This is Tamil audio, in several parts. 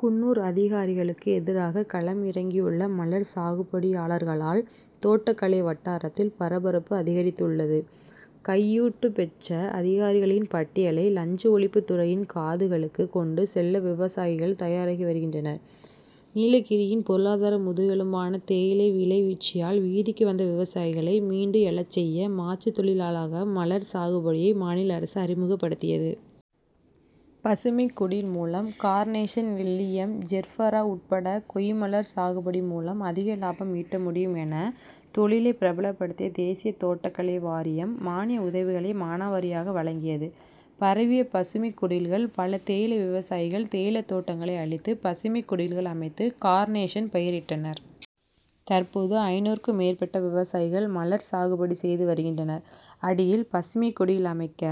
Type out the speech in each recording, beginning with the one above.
குன்னூர் அதிகாரிகளுக்கு எதிராக களம் இறங்கியுள்ள மலர் சாகுபடியாளர்களால் தோட்டக்கலை வட்டாரத்தில் பரபரப்பு அதிகரித்துள்ளது கையூட்டு பெற்ற அதிகாரிகளின் பட்டியலை லஞ்ச ஒழிப்பு துறையின் காதுகளுக்கு கொண்டு செல்ல விவசாயிகள் தயாராகி வருகின்றனர். நீலகிரியின் பொருளாதார முதுகெலும்பான தேயிலை விலை வீழ்ச்சியால், வீதிக்கு வந்த விவசாயிகளை மீண்டு எழச் செய்ய, மாற்று தொழிலாக மலர் சாகுபடியை மாநில அரசு அறிமுகப்படுத்தியது. பசுமைக் குடில் மூலம் கார்னேஷன், லில்லியம், ஜெர்பரா உட்பட கொய்மலர் சாகுபடி மூலம் அதிக லாபம் ஈட்ட முடியும் என, தொழிலை பிரபலப்படுத்திய தேசிய தோட்டக்கலை வாரியம், மானிய உதவிகளை மானாவாரியாக வழங்கியது. பரவிய பசுமைக் குடில்கள் பல தேயிலை விவசாயிகள், தேயிலைத் தோட்டங்களை அழித்து பசுமைக் குடில்கள் அமைத்து, கார்னேஷன் பயிரிட்டனர். தற்போது, ஐந்நூறுக்கும் மேற்பட்ட விவசாயிகள் மலர் சாகுபடி செய்து வருகின்றனர். அடியில் பசுமைக் குடில் அமைக்க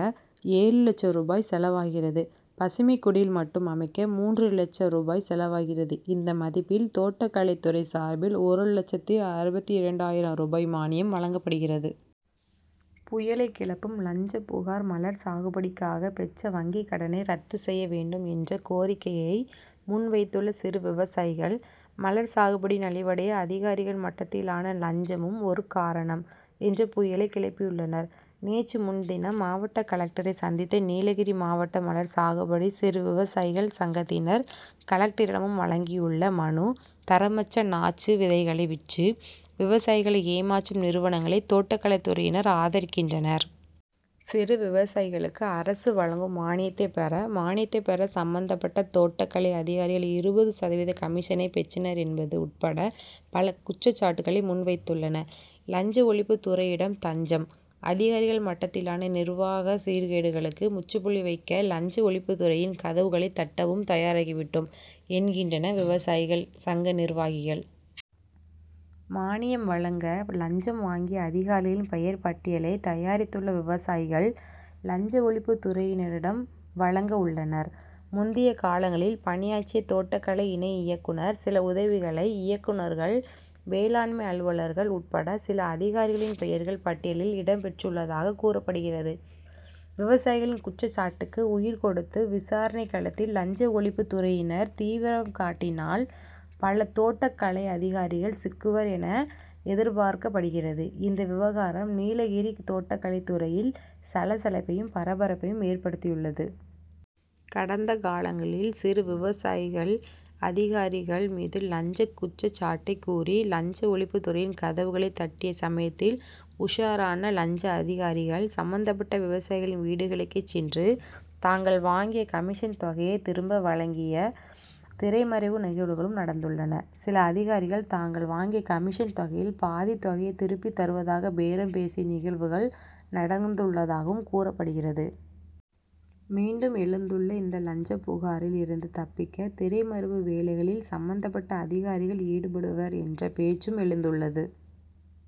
ஏழு லட்ச ரூபாய் செலவாகிறது. பசுமைக் குடில் மட்டும் அமைக்க மூன்றரை லட்ச ரூபாய் செலவாகிறது இந்த மதிப்பில், தோட்டக்கலைத் துறை சார்பில் ஒரு லட்சத்து அறுபத்திரண்டாயிரம் ரூபாய் மானியம் வழங்கப்படுகிறது. புயலை கிளப்பும் லஞ்சப் புகார் மலர் சாகுபடிக்காக பெற்ற வங்கி கடனை ரத்து செய்ய வேண்டும் என்ற கோரிக்கையை முன்வைத்துள்ள சிறு விவசாயிகள், மலர் சாகுபடி நலிவடைய அதிகாரிகள் மட்டத்திலான லஞ்சமும் ஒரு காரணம் என்ற புயலை கிளப்பியுள்ளனர். நேற்று முன்தினம் மாவட்ட கலெக்டரை சந்தித்த நீலகிரி மாவட்ட மலர் சாகுபடி சிறு விவசாயிகள் சங்கத்தினர் கலெக்டரிடம் வழங்கியுள்ள மனு; தரமற்ற நாற்று, விதைகளை விற்று, விவசாயிகளை ஏமாற்றும் நிறுவனங்களை தோட்டக்கலை துறையினர் ஆதரிக்கின்றனர். சிறு விவசாயிகளுக்கு அரசு வழங்கும் மானியத்தை பெற, மானியத்தை பெற சம்மந்தப்பட்ட தோட்டக்கலை அதிகாரிகள் இருபது சதவீத கமிஷனை பெற்றனர் என்பது உட்பட பல குற்றச்சாட்டுகளை முன்வைத்துள்ளனர். லஞ்ச ஒழிப்பு துறையிடம் தஞ்சம்: அதிகாரிகள் மட்டத்திலான நிர்வாக சீர்கேடுகளுக்கு முற்றுப்புள்ளி வைக்க லஞ்ச ஒழிப்புத் துறையின் கதவுகளை தட்டவும் தயாராகிவிட்டோம், என்கின்றனர் விவசாயிகள் சங்க நிர்வாகிகள். மானியம் வழங்க லஞ்சம் வாங்கிய அதிகாரிகளின் பெயர் பட்டியலை தயாரித்துள்ள விவசாயிகள், லஞ்ச ஒழிப்புத் துறையினரிடம் வழங்கவுள்ளனர். முந்தைய காலங்களில் பணியாற்றிய தோட்டகலை இணை இயக்குனர், சில உதவிகளை இயக்குனர்கள், வேளாண்மை அலுவலர்கள் உட்பட சில அதிகாரிகளின் பெயர்கள் பட்டியலில் இடம் பெற்றுள்ளதாக கூறப்படுகிறது. விவசாயிகளின் குற்றச்சாட்டுக்கு உயிர் கொடுத்து, விசாரணை களத்தில் லஞ்ச ஒழிப்புத் துறையினர் தீவிரம் காட்டினால், பல தோட்டக் கலை அதிகாரிகள் சிக்குவர் என எதிர்பார்க்கப்படுகிறது இந்த விவகாரம் நீலகிரி தோட்டக்கலை துறையில் சலசலப்பையும், பரபரப்பையும் ஏற்படுத்தியுள்ளது. கடந்த காலங்களில், சிறு விவசாயிகள், அதிகாரிகள் மீது லஞ்ச குற்றச்சாட்டை கூறி, லஞ்ச ஒழிப்பு துறையின் கதவுகளை தட்டிய சமயத்தில், உஷாரான லஞ்ச அதிகாரிகள், சம்மந்தப்பட்ட விவசாயிகளின் வீடுகளுக்கே சென்று, தாங்கள் வாங்கிய கமிஷன் தொகையை திரும்ப வழங்கிய திரைமறைவு நிகழ்வுகளும் நடந்துள்ளன. சில அதிகாரிகள் தாங்கள் வாங்கிய கமிஷன் தொகையில் பாதி தொகையை திருப்பி தருவதாக பேரம் பேசிய நிகழ்வுகள் நடந்துள்ளதாக கூறப்படுகிறது. மீண்டும் எழுந்துள்ள இந்த லஞ்சப் புகாரில் இருந்து தப்பிக்க திரைமறைவு வேலைகளில் சம்மந்தப்பட்ட அதிகாரிகள் ஈடுபடுவர் என்ற பேச்சும் எழுந்துள்ளது.